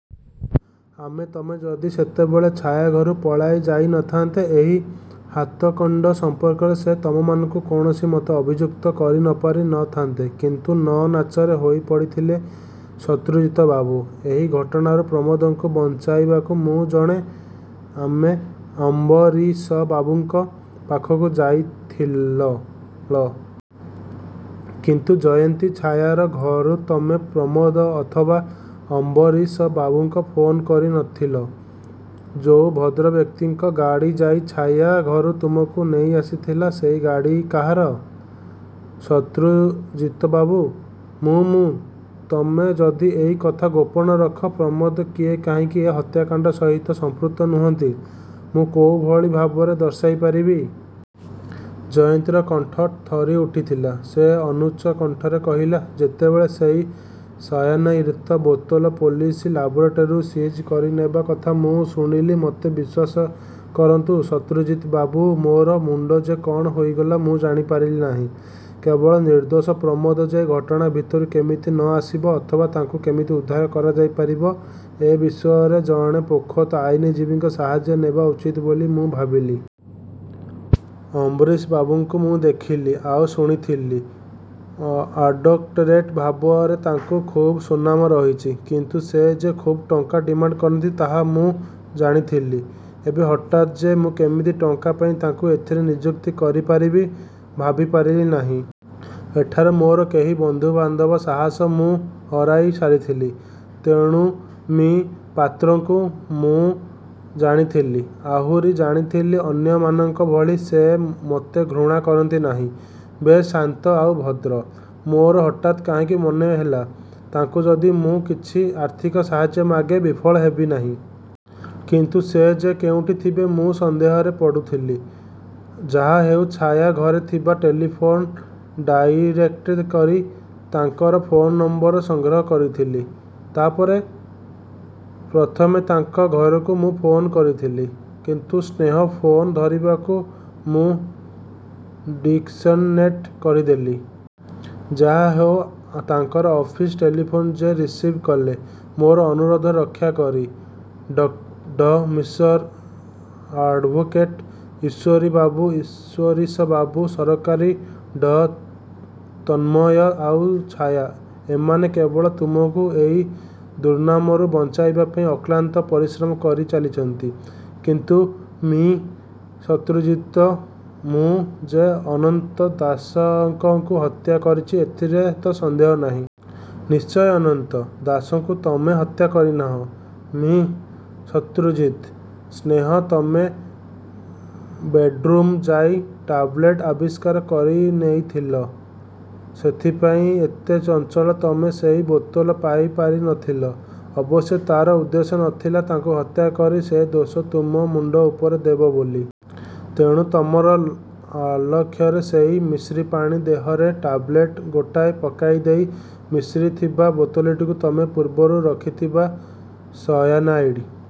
ଆଉ ତମେ ଯଦି ସେତେବଳେ ଛାୟାଘରୁ ପଳାଇ ଯାଇ ନ ଥାନ୍ତ ଏଇ ହତ୍ୟାକଣ୍ତ ସଂପର୍କରେ ସେ ତମମାନଙ୍କୁ କୌଣସି ମତେ ଅଭିଯୁକ୍ତ କରିପାରି ନ ଥାନ୍ତେ। ' 'କିନ୍ତୁ ମୁଁ ନାଚର ହେଇପଡ଼ିଥିଲି ଶତ୍ରୁଜିତ ବାବୁ! ଏଇ ଘଟଣାରୁ ପ୍ରମୋଦଙ୍କୁ ବଞ୍ଚାଇବାକୁ ମୁଁ 'ଜାଣେ, ତମେ ଅମ୍ବରୀଶବାବୁଙ୍କ ପାଖକୁ ଯାଇଥିଳ। କିନ୍ତୁ ଜୟନ୍ତୀ, ଛାୟାର ଘରୁ ତମେ ପ୍ରମୋଦ ଅଥବା ଅମ୍ବରୀଶବାବୁଙ୍କୁ ଫୋନ କରି ନଥିଲ। ଯୋଉ ଭଦ୍ରବ୍ୟକ୍ତିଙ୍କ ଗାଡ଼ି ଯାଇ ଛାୟା ଘରୁ ତମକୁ ନେଇଆସିଥିଲା ସେଇ ଗାଡ଼ି କାହାର? ' 'ଶତ୍ରୁଜିତବାବୁ! ମୁଁ ମୁଁ ତମେ ଯଦି ଏଇ କଥା ଗୋପନ ରଖ, ପ୍ରମୋଦ ଯେ କାହିଁକି ଏ ହତ୍ୟାକାଣ୍ଡ ସହିତ ସମ୍ପୃକ୍ତ ନୁହନ୍ତି, ମୁଁ କୋଉଭଳି ଭାବରେ ଦର୍ଶାଇପାରିବି? ଜୟନ୍ତୀର କଣ୍ଠ ଥରିଉଠିଲା। ସେ ଅନୁଚ୍ଚ କଣ୍ଠରେ କହିଲା, 'ଯେତେବେଳେ ସେଇ ସାୟାନାଇଡ଼୍ର ବୋତଲ ପୋଲିସ ଲେବୋରେଟରୀରୁ ସିଜ କରିନେବା କଥା ମୁଁ ଶୁଣିଲି ମୋତେ ବିଶ୍ୱାସ କରନ୍ତୁ ଶତ୍ରୁଜିତ ବାବୁ ମୋର ମୁଣ୍ତ ଯେ କ'ଣ ହୋଇଗଲା ମୁଁ ଜାଣିପାରିଲି ନାହିଁ। କେବଳ ନିର୍ଦ୍ଦୋଷ ପ୍ରମୋଦ ଯେ ଏ ଘଟଣା ଭିତରକୁ କେମିତି ନ ଆସିବେ, ଅଥବା ତାଙ୍କୁ କେମିତି ଉଦ୍ଧାର କରାଯାଇପାରିବ ଏ ବିଷୟରେ ଜଣେ ପୋଖତ ଆଇନଜୀବୀର ସାହାଯ୍ୟ ନେବା ଉଚିତ ବୋଲି ମୁଁ ଭାବିଲି। ଅମ୍ବରୀଶବାବୁଙ୍କୁ ମୁଁ ଦେଖିଥିଲି। ଆଉ ଶୁଣିଥିଲି, ଆଡ଼୍ଭୋକେଟ ଭାବରେ ତାଙ୍କର ଖୁବ୍ ସୁନାମ ରହିଛି। କିନ୍ତୁ ସେ ଯେ ଖୁବ୍ ଟଙ୍କା ଡିମାଣ୍ତ କରନ୍ତି ମୁଁ ତାହା ଜାଣିଥିଲି। ଏତେ ହଠାତ୍ ଯେ ମୁଁ କେମିତି ଟଙ୍କା ପାଇ ତାଙ୍କୁ ଏଥିରେ ନିଯୁକ୍ତ କରିପାରିବ ଭାବିପାରିଲି ନାହିଁ। ଏଠାରେ ମୋର କେହି ବନ୍ଧୁ ବାନ୍ଧବ ସାହସ ମୁଁ ହରାଇ ସାରିଥିଲି। ' 'ତେଣୁ' 'ମି: ପାତ୍ରଙ୍କୁ ମୁଁ ଜାଣିଥିଲି। ଆହୁରି ଜାଣିଥିଲି, ଅନ୍ୟମାନଙ୍କ ଭଳି ସେ ମୋତେ ଘୃଣା କରନ୍ତି ନାହିଁ। ବେଶ୍ ଶାନ୍ତ ଆଉ ଭଦ୍ର। ମୋର ହଠାତ୍ କାହିଁକି ମନେ ହେଲା, ତାଙ୍କୁ ଯଦି ମୁଁ କିଛି ଆର୍ଥିକ ସାହାଯ୍ୟ ମାଗେ, ବିଫଳ ହେବି ନାହିଁ। କିନ୍ତୁ ସେ ଯେ କୋଉଠି ଥିବେ ମୁଁ ସନ୍ଦେହରେ ପଡ଼ୁଥିଲି। ଯାହାହେଉ ଛାୟା ଘରେ ଥିବା ଟେଲିଫୋନ ଡାଇରେକ୍ଟରିରୁ ତାଙ୍କର ଫୋନ୍ ନମ୍ବର ସଂଗ୍ରହ କରିଥିଲି। ' 'ତା ପରେ? ' 'ପ୍ରଥମେ ତାଙ୍କ ଘରକୁ ମୁଁ ଫୋନ୍ କରିଥିଲି। କିନ୍ତୁ ସ୍ନେହ ଫୋନ୍ ଧରିବାକୁ ମୁଁ ଡିସକନେକ୍ଟ କରିଦେଲି। ଯାହାହେଉ ତାଙ୍କର ଅଫିସ ଟେଲିଫୋନ ସେ ରିସିଭ୍ କଲେ। ମୋର ଅନୁରୋଧ ରକ୍ଷା କରି। ଡ: ମିଶ୍ର ଆଡ଼୍ଭୋକେଟ ଅଶ୍ୱରୀଶବାବୁ, ସହକାରୀ ଡ:ତନ୍ମୟ ଆଉ ଛାୟା–ଏମାନେ କେବଳ ତମକୁ ଏଇ ଦୁର୍ନାମରୁ ବଞ୍ଚାଇବାପାଇଁ ଅକ୍ଲାନ୍ତ ପରିଶ୍ରମ କରି ଚାଲିଛନ୍ତି। ' 'କିନ୍ତୁ ମି: ଶତ୍ରୁଜିତ, ମୁଁ ଯେ ଅନନ୍ତ ଦାସଙ୍କକୁ ହତ୍ୟା କରିଛି ଏଥିରେ ତ ସନ୍ଦେହ ନାହିଁ। 'ନିଶ୍ଚୟ, ଅନନ୍ତ ଦାସଙ୍କୁ ତମେ ହତ୍ୟା କରିନାହଁ'। 'ମି: ଶତ୍ରୁଜିତ! ' 'ସ୍ନେହ ତମ ବେଡ଼୍ରୁମ୍ରୁ ସେଇ ଟାବଲେଟ୍ ଆବିଷ୍କାର କରିନେଇଥିଲା। ସେଇଥିପାଇଁ ଏତେ ଚଞ୍ଚଳ ତମେ ସେଇ ବୋତଲ ପାଇ ପାରି ନ ଥିଲ। ଅବଶ୍ୟ ତାର ଉଦ୍ଦେଶ୍ୟ ନ ଥିଲା ତାଙ୍କୁ ହତ୍ୟା କରି ସେଇ ଦୋଷ ତମ ମୁଣ୍ତ ଉପରେ ଦେବ ବୋଲି। ତେଣୁ ତମର ଅଲକ୍ଷ୍ୟରେ ସେଇ ମିଶ୍ରିପାଣି ଦେହରେ ଟେବଲେଟ୍ ଗୋଟାଏ ପକାଇଦେଇ ମିଶ୍ରି ଥିବା ବୋତଲଟିକୁ ତମେ ପୂର୍ବରୁ ରଖିଥିବା ସାୟାନାଇଡ଼୍